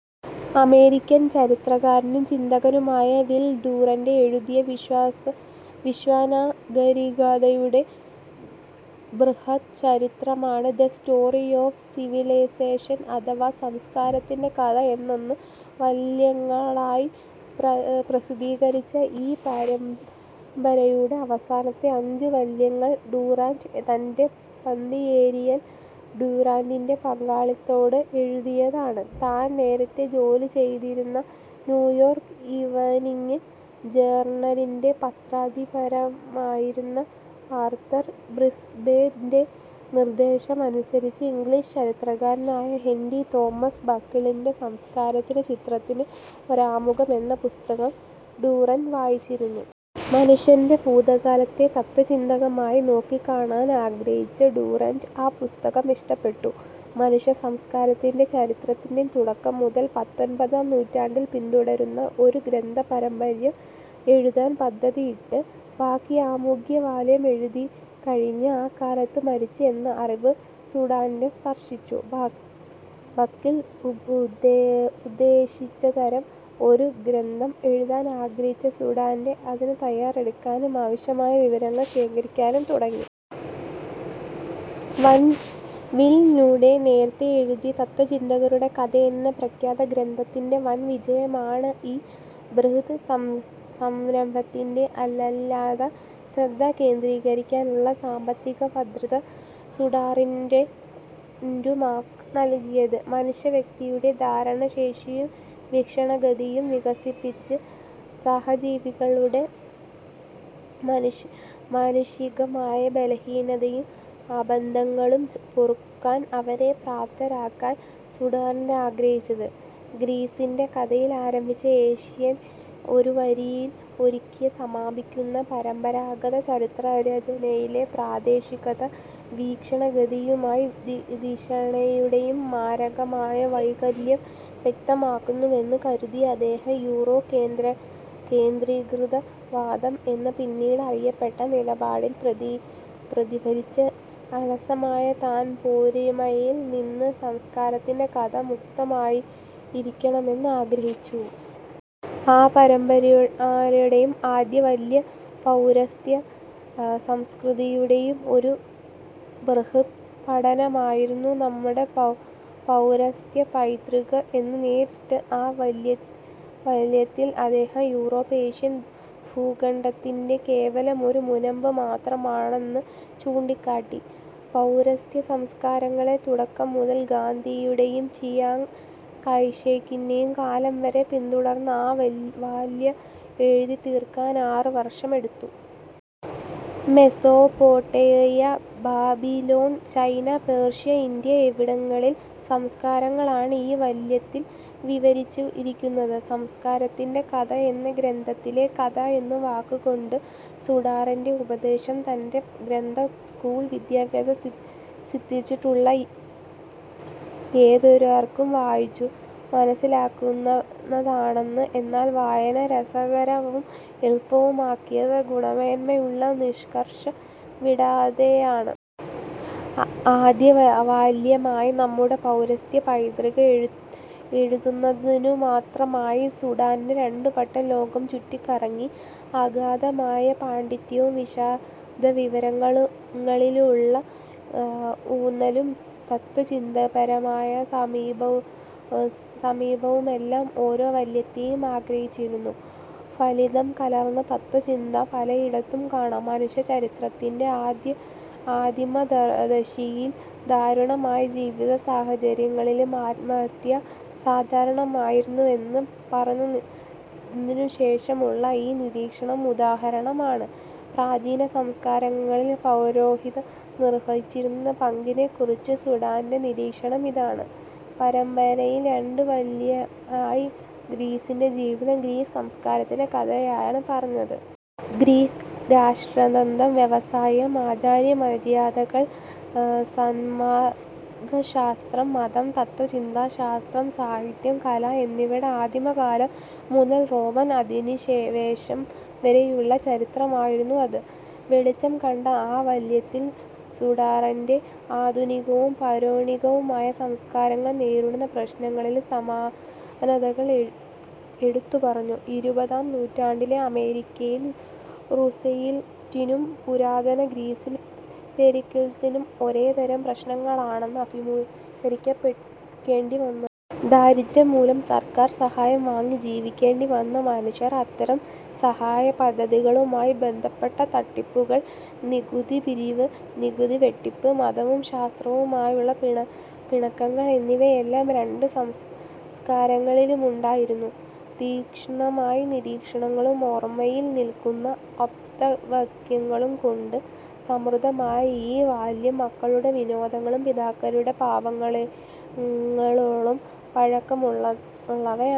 American ചരിത്രകാരനും ചിന്തകനുമായ Will Durant എഴുതിയ വിശ്വനാഗരികതയുടെ ബൃഹദ് ചരിത്രമാണ് ദ സ്റ്റോറി ഓഫ് സിവിലിസേഷൻ അഥവാ സംസ്കാരത്തിന്റെ കഥ. പതിനൊന്നു വാല്യങ്ങളായി പ്രസിദ്ധീകരിച്ച ഈ പരമ്പരയുടെ അവസാനത്തെ അഞ്ചു വാല്യങ്ങൾ ഡുറാന്റ്, തന്റെ പത്നി ഏരിയൽ ഡുറാന്റിന്റെ പങ്കാളിത്തത്തോടെ എഴുതിയതാണ്. താൻ നേരത്തേ ജോലിചെയ്തിരുന്ന ന്യൂയോർക്ക് ഈവനിങ്ങ് ജേർണലിന്റെ പത്രാധിപരായിരുന്ന ആർതർ ബ്രിസ്ബേന്റെ നിർദ്ദേശമനുസരിച്ച്, ഇംഗ്ലീഷ് ചരിത്രകാരനായ ഹെന്റി തോമസ് ബക്കിളിന്റെ "സംസ്കാരത്തിന്റെ ചരിത്രത്തിന് ഒരാമുഖം" എന്ന പുസ്തകം ഡുറാന്റ് വായിച്ചിരുന്നു. മനുഷ്യന്റെ ഭൂതകാലത്തെ തത്ത്വചിന്താപരമായി നോക്കിക്കാണാൻ ആഗ്രഹിച്ച ഡുറാന്റിന് ആ പുസ്തകം ഇഷ്ടപ്പെട്ടു. മനുഷ്യ സംസ്കാരത്തിന്റെ ചരിത്രത്തെ തുടക്കം മുതൽ പത്തൊൻപതാം നൂറ്റാണ്ടുവരെ പിന്തുടരുന്ന ഒരു ഗ്രന്ഥപരമ്പര എഴുതാൻ പദ്ധതിയിട്ട ബക്കിൾ ആമുഖവാല്യം എഴുതിക്കഴിഞ്ഞ് അകാലത്തിൽ മരിച്ചു എന്ന അറിവ് ഡുറാന്റിന്റെ സ്പർശിച്ചു. ബക്കിൾ ഉദ്ദേശിച്ചതരം ഒരു ഗ്രന്ഥം എഴുതാൻ ആഗ്രഹിച്ച ഡുറാന്റ് അതിന് തയ്യാറെടുക്കാനും ആവശ്യമായ വിവരങ്ങൾ ശേഖരിക്കാനും തുടങ്ങി. വിൽ ഡുറാന്റ് നേരത്തെ എഴുതിയ "തത്ത്വചിന്തയുടെ കഥ" എന്ന പ്രഖ്യാതഗ്രന്ഥത്തിന്റെ വൻ വിജയമാണ്, ഈ ബൃഹദ്സംരംഭത്തിൽ അല്ലലില്ലാതെ ശ്രദ്ധ കേന്ദ്രീകരിക്കാനുള്ള സാമ്പത്തിക ഭദ്രത ഡുറാന്റുമാക്ക് നൽകിയത്. മനുഷ്യവ്യക്തികളുടെ ധാരണാശേഷിയും വീക്ഷണഗതികളും വികസിപ്പിച്ച്, സഹജീവികളുടെ മാനുഷികമായ ബലഹീനതകളും അബദ്ധങ്ങളും പൊറുക്കാൻ അവരെ പ്രാപ്തരാക്കാനാണ് ഡുറാന്റ് ആഗ്രഹിച്ചത്. "ഗ്രീസിന്റെ കഥയിൽ ആരംഭിച്ച്, ഏഷ്യയെ ഒരുവരിയിൽ ഒതുക്കി സമാപിക്കുന്ന പരമ്പരാഗത ചരിത്രരചനയിലെ പ്രാദേശികത, വീക്ഷണഗതിയുടേയും ധിഷണയുടേയും മാരകമായ വൈകല്യം വ്യക്തമാക്കുന്നുവെന്നു" കരുതിയ അദ്ദേഹം, യൂറോകേന്ദ്രീകൃതവാദം എന്ന് പിന്നീട് അറിയപ്പെട്ട നിലപാടിൽ പ്രതിഫലിച്ച അലസമായ താൻപോരിമയിൽ നിന്ന് സംസ്കാരത്തിന്റെ കഥ മുക്തമായിരിക്കണമെന്ന് ആഗ്രഹിച്ചു. ആ പരമ്പരയുടെ ആദ്യവാല്യം പൗരസ്ത്യസംസ്കൃതികളുടെ ഒരു ബൃഹദ്പഠനമായിരുന്നു. "നമ്മുടെ പൗരസ്ത്യപൈതൃകം" എന്ന് പേരിട്ട ആ വാല്യത്തിൽ അദ്ദേഹം, യൂറോപ്പ് ഏഷ്യൻ ഭൂഖണ്ഡത്തിന്റെ കേവലം ഒരു മുനമ്പ് മാത്രമാണെന്ന് ചൂണ്ടിക്കാട്ടി. പൗരസ്ത്യസംസ്കൃതികളെ തുടക്കം മുതൽ ഗാന്ധിയുടേയും ചിയാങ്ങ് കൈഷേക്കിന്റേയും കാലം വരെ പിന്തുടർന്ന ആ വാല്യം എഴുതിത്തീർക്കാൻ അറു വർഷമെടുത്തു. Mesopotamia, Babylon, China, Persia, India എന്നിവിടങ്ങളിലെ സംസ്കാരങ്ങളാണ് ഈ വാല്യത്തിൽ വിവരിച്ചിരിക്കുന്നത്. "സംസ്കാരത്തിന്റെ കഥ" എന്ന ഗ്രന്ഥനാമത്തിലെ 'കഥ' എന്ന വാക്കുകൊണ്ട് ഡുറാന്റ് ഉദ്ദേശിച്ചത് തന്റെ ഗ്രന്ഥം സ്കൂൾ വിദ്യാഭ്യാസം സിദ്ധിച്ചിട്ടുള്ള ഏതൊരാൾക്കും വായിച്ചു മനസ്സിലാക്കാവുന്നതാണെന്നാണ്. എന്നാൽ വായന രസകരവും എളുപ്പവുമാക്കിയത് ഗുണമേന്മയിലുള്ള നിഷ്കർഷ വിടാതെയാണ്. ആദ്യവാല്യമായ "നമ്മുടെ പൗരസ്ത്യപൈതൃകം" എഴുതുന്നതിനുമാത്രമായി ഡുറാന്റ് രണ്ടുവട്ടം ലോകം ചുറ്റിക്കറങ്ങി. അഗാധമായ പാണ്ഡിത്യവും, വിശദവിവരങ്ങളിലുള്ള ഊന്നലും, തത്ത്വചിന്താപരമായ സമീപനവുമെല്ലാം ഓരോ വാല്യത്തേയും അനുഗ്രഹിച്ചിരുന്നു. ഫലിതം കലർന്ന തത്ത്വചിന്ത പലയിടത്തും കാണാം. മനുഷ്യചരിത്രത്തിന്റെ ആദിമദശയിലെ ദാരുണമായ ജീവിതസാഹചര്യങ്ങളിൽ ആത്മഹത്യ സാധാരണമായിരുന്നുവെന്ന് പറഞ്ഞതിനുശേഷമുള്ള ഈ നിരീക്ഷണം ഉദാഹരണമാണ്:- പ്രാചീനസംസ്കാരങ്ങളിൽ പൗരോഹിത്യം നിർവഹിച്ചിരുന്ന പങ്കിനെക്കുറിച്ച് ഡുറാന്റിന്റെ നിരീക്ഷണം ഇതാണ്:- പരമ്പരയിലെ രണ്ടാം വാല്യമായ "ഗ്രീസിന്റെ ജീവിതം", ഗ്രീക്ക് സംസ്കാരത്തിന്റെ കഥയാണ് പറഞ്ഞത്. ഗ്രീക്ക് രാഷ്ട്രതന്ത്രം, വ്യവസായം, ആചാരമര്യാദകൾ, സന്മാർഗശാസ്ത്രം, മതം, തത്ത്വചിന്ത, ശാസ്ത്രം, സാഹിത്യം, കല എന്നിവയുടെ ആദിമകാലം മുതൽ റോമൻ അധിനിവേശം വരെയുള്ള ചരിത്രമായിരുന്നു അത്. -ൽ വെളിച്ചം കണ്ട ആ വാല്യത്തിൽ ഡുറാന്റ്, ആധുനികവും പൗരാണികവുമായ സംസ്കാരങ്ങൾ നേരിടുന്ന പ്രശ്നങ്ങളിലെ സമാനതകൾ എടുത്തുപറഞ്ഞു. ഇരുപതാം നൂറ്റാണ്ടിലെ അമേരിക്കയിൽ റുസ്വെൽറ്റിനും, പുരാതന ഗ്രീസിൽ പെരിക്കിൾസിനും ഒരേതരം പ്രശ്നങ്ങളെയാണ് അഭിമുഖീകരിക്കേണ്ടിവന്നത്. ദാരിദ്ര്യം മൂലം സർക്കാർ സഹായം വാങ്ങി ജീവിക്കേണ്ടി വന്ന മനുഷ്യർ, അത്തരം സഹായപദ്ധതികളുമായി ബന്ധപ്പെട്ട തട്ടിപ്പുകൾ, നികുതിപിരിവ്, നികുതിവെട്ടിപ്പ്, മതവും ശാസ്ത്രവുമായുള്ള പിണക്കങ്ങൾ എന്നിവയെല്ലാം, രണ്ടു സംസ്കാരങ്ങളിലുമുണ്ടായിരുന്നു. തീക്ഷ്ണമായ നിരീക്ഷണങ്ങളും ഓർമ്മയിൽ നിൽക്കുന്ന ആപ്തവാക്യങ്ങളും കൊണ്ട് സമൃദ്ധമാണ് ഈ വാല്യം. "മക്കളുടെ വിനോദങ്ങൾ പിതാക്കന്മാരുടെ പാപങ്ങളോളം പഴക്കമുള്ളവയാണ്"